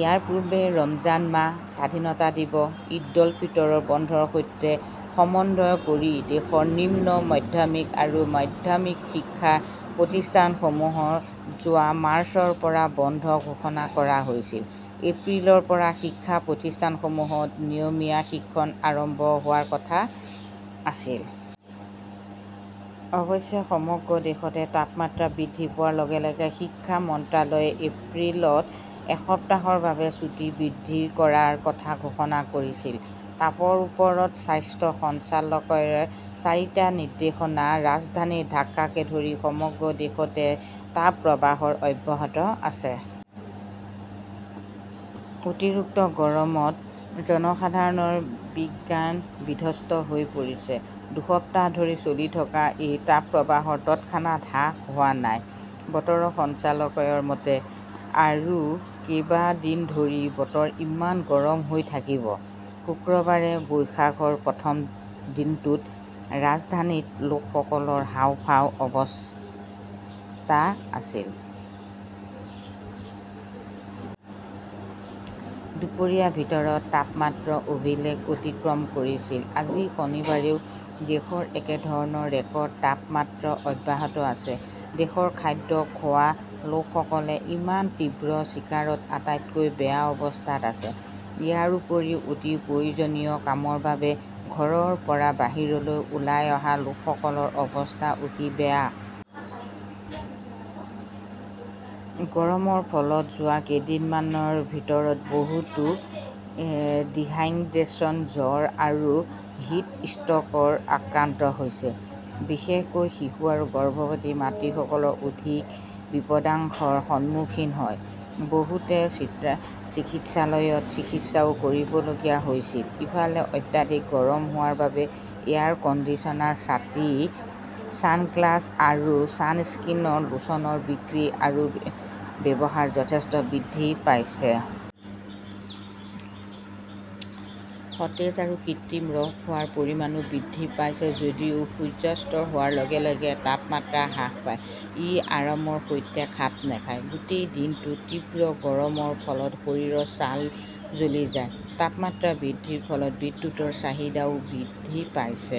ইয়াৰ পূৰ্বে ৰমজান মাহ, স্বাধীনতা দিৱস, ঈদ-উল-ফিতৰৰ বন্ধৰ সৈতে সমন্বয় কৰি দেশৰ নিম্ন মাধ্যমিক আৰু মাধ্যমিক শিক্ষা প্ৰতিষ্ঠানসমূহৰ যোৱা মাৰ্চৰ পৰা বন্ধ ঘোষণা কৰা হৈছিল। এপ্ৰিলৰ পৰা শিক্ষা প্ৰতিষ্ঠানসমূহত নিয়মীয়া শিক্ষণ আৰম্ভ হোৱাৰ কথা আছিল। অৱশ্যে, সমগ্ৰ দেশতে তাপমাত্ৰা বৃদ্ধি পোৱাৰ লগে লগে শিক্ষা মন্ত্ৰালয়ে এপ্ৰিলত এসপ্তাহৰ বাবে ছুটী বৃদ্ধি কৰাৰ কথা ঘোষণা কৰিছিল। তাপৰ ওপৰত স্বাস্থ্য সঞ্চালকালয়ৰ চাৰিটা নিৰ্দেশনা ৰাজধানী ঢাকাকে ধৰি সমগ্ৰ দেশতে তাপপ্ৰৱাহ অব্যাহত আছে। অতিৰোক্ত গৰমত জনসাধাৰণৰ বিজ্ঞান বিধ্বস্ত হৈ পৰিছে। দুসপ্তাহ ধৰি চলি থকা এই তাপপ্ৰৱাহ তৎক্ষণাত হ্ৰাস হোৱা নাই। বতৰ সঞ্চালকালয়ৰ মতে আৰু কেইবা দিন ধৰি বতৰ ইমান গৰম হৈ থাকিব। শুক্ৰবাৰে বৈশাখৰ প্ৰথম দিনটোত ৰাজধানীৰ লোকসকলৰ হাঁওফাঁওৰ অৱস্থা আছিল। দুপৰীয়াৰ ভিতৰত তাপমাত্ৰা অভিলেখ অতিক্ৰম কৰিছিল। আজি শনিবাৰেও দেশত একেধৰণৰ ৰেকৰ্ড তাপমাত্ৰা অব্যাহত আছে। দেশৰ খাদ্য খোৱা লোকসকলে ইমান তীব্ৰ চিকাৰত আটাইতকৈ বেয়া অৱস্থাত আছে। ইয়াৰ উপৰিও অতি প্ৰয়োজনীয় কামৰ বাবে ঘৰৰ পৰা বাহিৰলৈ ওলাই অহা লোকসকলৰ অৱস্থা অতি বেয়া। গৰমৰ ফলত যোৱা কেইদিনমানৰ ভিতৰত বহুতে ডিহাইংড্ৰেচন, জ্বৰ আৰু হিট ষ্ট্ৰ'কত আক্ৰান্ত হৈছে। বিশেষকৈ শিশু আৰু গৰ্ভৱতী মাতৃসকল অধিক বিপদাং সন্মুখীন হয়। বহুতে চিকিৎসালয়ত চিকিৎসাও কৰিবলগীয়া হৈছিল। ইফালে, অত্যাধিক গৰম হোৱাৰ বাবে এয়াৰ কণ্ডিছনাৰ, ছাতি, ছানগ্লাস আৰু ছানস্ক্ৰীন লোশনৰ বিক্ৰী আৰু ব্যৱহাৰ যথেষ্ট বৃদ্ধি পাইছে। সতেজ আৰু কৃত্ৰিম ৰস খোৱাৰ পৰিমাণো বৃদ্ধি পাইছে। যদিও সূৰ্যাস্ত হোৱাৰ লগে লগে তাপমাত্ৰা হ্ৰাস পায়, ই আৰামৰ সৈতে খাপ নাখায়। গোটেই দিনটোৰ তীব্ৰ গৰমৰ ফলত শৰীৰৰ ছাল জ্বলি যায়। তাপমাত্ৰা বৃদ্ধিৰ ফলত বিদ্যুৎৰ চাহিদাও বৃদ্ধি পাইছে।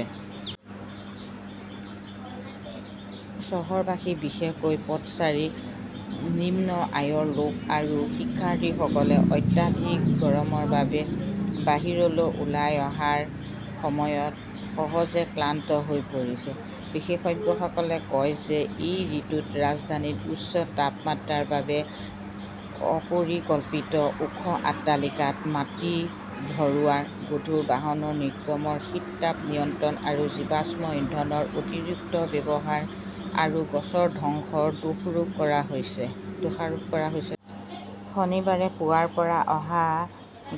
চহৰবাসী, বিশেষকৈ পথচাৰী, নিম্ন আয়ৰ লোক আৰু শিক্ষাৰ্থীসকলে অত্যাধিক গৰমৰ বাবে বাহিৰলৈ ওলাই অহাৰ সময়ত সহজে ক্লান্ত হৈ পৰিছে। বিশেষজ্ঞসকলে কয় যে, এই ঋতুত ৰাজধানীৰ উচ্চ তাপমাত্ৰাৰ বাবে অপৰিকল্পিত ওখ আট্টালিকা, মাটি ভৰোৱা, গধুৰ বাহনৰ নিৰ্গমন, শীতাতাপ নিয়ন্ত্ৰক আৰু জীৱাশ্ম ইন্ধনৰ অতিৰিক্ত ব্যৱহাৰ আৰু গছৰ ধ্বংসক দোষাৰোপ কৰা হৈছে। শনিবাৰে পুৱাৰ পৰা অহা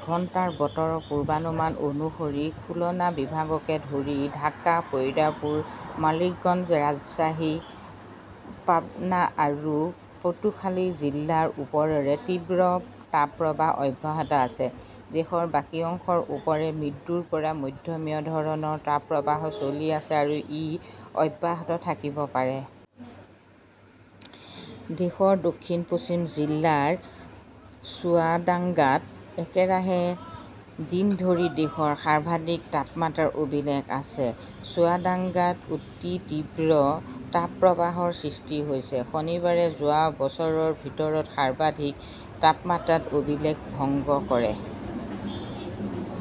ঘণ্টাৰ বতৰৰ পূৰ্বানুমান অনুসৰি, খুলনা বিভাগকে ধৰি ঢাকা, ফৰিদপুৰ, মানিকগঞ্জ, ৰাজশ্বাহী, পাবনা আৰু পটুখালি জিলাৰ ওপৰেৰে তীব্ৰ তাপপ্ৰৱাহ অব্যাহত আছে। দেশৰ বাকী অংশৰ ওপৰেৰে মৃদুৰ পৰা মধ্যমীয়া ধৰণৰ তাপপ্ৰৱাহ চলি আছে আৰু ই অব্যাহত থাকিব পাৰে। দেশৰ দক্ষিণ-পশ্চিম জিলা চুৱাডাঙ্গাত একেৰাহে দিন ধৰি দেশৰ সৰ্বাধিক তাপমাত্ৰাৰ অভিলেখ আছে। চুৱাডাঙ্গাত অতি তীব্ৰ তাপপ্ৰৱাহৰ সৃষ্টি হৈছে। শনিবাৰে যোৱা বছৰৰ ভিতৰত সৰ্বাধিক তাপমাত্ৰাৰ অভিলেখ ভংগ কৰে।